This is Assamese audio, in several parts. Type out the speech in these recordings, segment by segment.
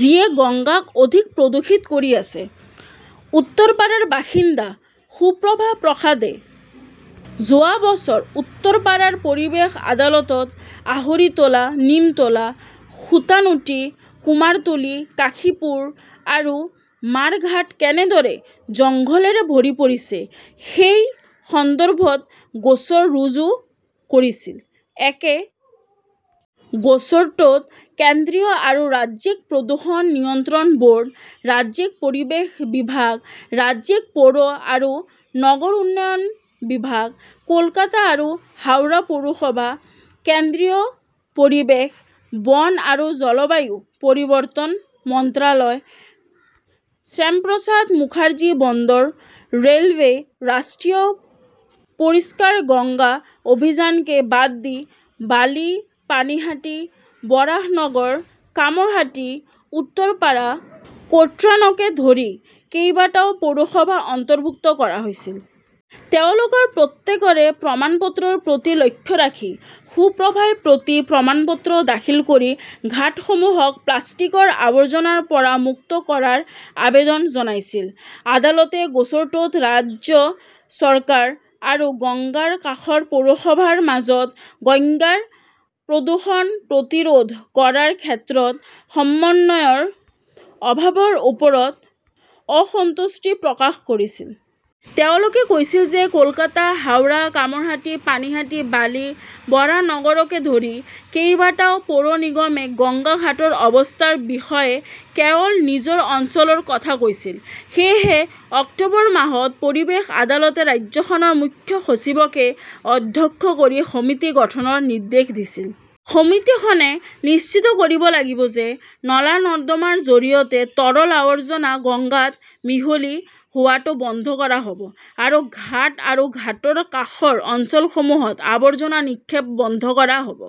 যিয়ে গংগাক অধিক প্ৰদূষিত কৰি আছে। উত্তৰপাৰাৰ বাসিন্দা সুপ্ৰভা প্ৰসাদে যোৱা বছৰ উত্তৰপাৰাৰ পৰিৱেশ আদালতত আহৰিতোলা, নিমতলা, সুতানুটি, কুমাৰতুলি, কাশীপুৰ আৰু মাৰ ঘাট কেনেদৰে জংঘলেৰে ভৰি পৰিছে সেই সন্দৰ্ভত গোচৰ ৰুজু কৰিছিল। একে গোচৰটোত কেন্দ্ৰীয় আৰু ৰাজ্যিক প্ৰদূষণ নিয়ন্ত্ৰণ ব'ৰ্ড, ৰাজ্যিক পৰিৱেশ বিভাগ, ৰাজ্যিক পৌৰ আৰু নগৰ উন্নয়ন বিভাগ, কলকাতা আৰু হাওৰা পৌৰসভা, কেন্দ্ৰীয় পৰিৱেশ, বন আৰু জলবায়ু পৰিৱৰ্তন মন্ত্ৰালয়, শ্যামপ্ৰসাদ মুখাৰ্জী বন্দৰ, ৰে'লৱে, ৰাষ্ট্ৰীয় পৰিষ্কাৰ গংগা অভিযানকে বাদ দি বালি, পানীহাটি, বৰাহনগৰ, কামৰহাটি, উত্তৰপাৰা-কোট্ৰানকে ধৰি কেইবাটাও পৌৰসভা অন্তৰ্ভুক্ত কৰা হৈছিল। তেওঁলোকৰ প্ৰত্যেকৰে প্ৰমাণপত্ৰৰ প্ৰতি লক্ষ্য ৰাখি সুপ্ৰভাই প্ৰতি-প্ৰমাণপত্ৰ দাখিল কৰি ঘাটসমূহক প্লাষ্টিকৰ আৱৰ্জনাৰ পৰা মুক্ত কৰাৰ আবেদন জনাইছিল। আদালতে গোচৰটোত ৰাজ্য চৰকাৰ আৰু গংগাৰ কাষৰ পৌৰসভাৰ মাজত গংগাৰ প্ৰদূষণ প্ৰতিৰোধ কৰাৰ ক্ষেত্ৰত সমন্বয়ৰ অভাৱৰ ওপৰত "অসন্তুষ্টি" প্ৰকাশ কৰিছিল। তেওঁলোকে কৈছিল যে কলকাতা, হাওৰা, কামৰহাটি, পানীহাটি, বালি, বৰাহনগৰকে ধৰি কেইবাটাও পৌৰ নিগমে গংগা ঘাটৰ অৱস্থাৰ বিষয়ে কেৱল নিজৰ অঞ্চলৰ কথা কৈছিল। সেয়েহে অক্টোবৰ মাহত পৰিৱেশ আদালতে ৰাজ্যখনৰ মুখ্য সচিবক অধ্যক্ষ কৰি সমিতি গঠনৰ নিৰ্দেশ দিছিল। সমিতিখনে নিশ্চিত কৰিব লাগিব যে নলা-নৰ্দমাৰ জৰিয়তে তৰল আৱৰ্জনা গংগাত মিহলি হোৱাটো বন্ধ কৰা হ'ব আৰু ঘাট আৰু ঘাটৰ কাষৰ অঞ্চলসমূহত আৱৰ্জনা নিক্ষেপ বন্ধ কৰা হ'ব।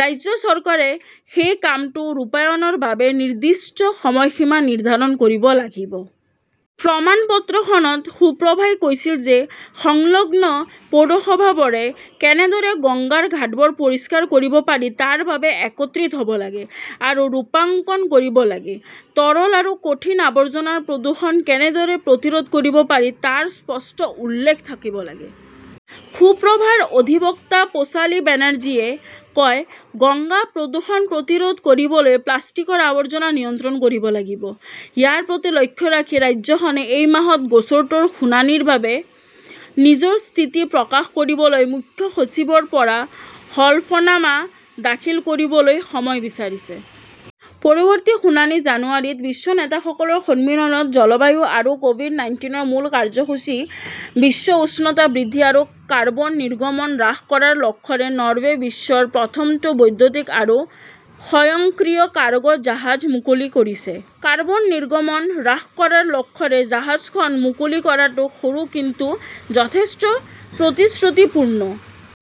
ৰাজ্য চৰকাৰে সেই কামটো ৰূপায়ণৰ বাবে নিৰ্দিষ্ট সময়সীমা নিৰ্ধাৰণ কৰিব লাগিব। প্ৰমাণপত্ৰখনত সুপ্ৰভাই কৈছিল যে সংলগ্ন পৌৰসভাবোৰে কেনেদৰে গংগাৰ ঘাটবোৰ পৰিষ্কাৰ কৰিব পাৰি তাৰ বাবে একত্ৰিত হ'ব লাগে আৰু ৰূপাঙ্কণ কৰিব লাগে। তৰল আৰু কঠিন আৱৰ্জনাৰ প্ৰদূষণ কেনেদৰে প্ৰতিৰোধ কৰিব পাৰি তাৰ স্পষ্ট উল্লেখ থাকিব লাগিব। সুপ্ৰভাৰ অধিবক্তা পোচালী বেনাৰ্জীয়ে কয়, "গংগা প্ৰদূষণ প্ৰতিৰোধ কৰিবলৈ প্লাষ্টিকৰ আৱৰ্জনা নিয়ন্ত্ৰণ কৰিব লাগিব।" ইয়াৰ প্ৰতি লক্ষ্য ৰাখি ৰাজ্যখনে এই মাহত গোচৰটোৰ শুনানিৰ বাবে নিজৰ স্থিতি প্ৰকাশ কৰিবলৈ মুখ্য সচিবৰ পৰা হলফনামা দাখিল কৰিবলৈ সময় বিচাৰিছে। পৰৱৰ্তী শুনানি জানুৱাৰীত। বিশ্ব নেতাসকলৰ সন্মিলনত জলবায়ু আৰু ক'ভিড-নাইনটিনৰ মূল কাৰ্যসূচী বিশ্ব উষ্ণতা বৃদ্ধি আৰু কাৰ্বন নিৰ্গমন হ্ৰাস কৰাৰ লক্ষ্যৰে নৰৱে বিশ্বৰ প্ৰথমটো বৈদ্যুতিক আৰু স্বয়ংক্ৰিয় কাৰ্গো জাহাজ মুকলি কৰিছে। কাৰ্বন নিৰ্গমন হ্ৰাস কৰাৰ লক্ষ্যৰে জাহাজখন মুকলি কৰাটো সৰু কিন্তু যথেষ্ট প্ৰতিশ্ৰুতিপূৰ্ণ।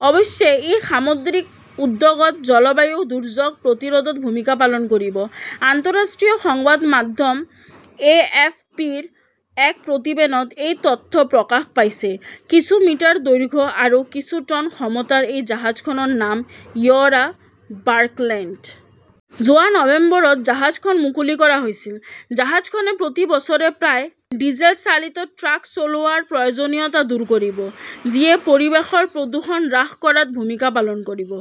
অৱশ্যে, ই সামুদ্ৰিক উদ্যোগত জলবায়ু দুৰ্যোগ প্ৰতিৰোধত ভূমিকা পালন কৰিব। আন্তঃৰাষ্ট্ৰীয় সংবাদ মাধ্যম এ. এফ. পি.-ৰ এক প্ৰতিবেদনত এই তথ্য প্ৰকাশ পাইছে। কিছু মিটাৰ দৈৰ্ঘ্য আৰু কিছু টন ক্ষমতাৰ এই জাহাজখনৰ নাম ইয়ৰা বাৰ্কলেণ্ড। যোৱা নৱেম্বৰত জাহাজখন মুকলি কৰা হৈছিল। জাহাজখনে প্ৰতি বছৰে প্ৰায় ডিজেলচালিত ট্ৰাক চলোৱাৰ প্ৰয়োজনীয়তা দূৰ কৰিব, যিয়ে পৰিৱেশৰ প্ৰদূষণ হ্ৰাস কৰাত ভূমিকা পালন কৰিব।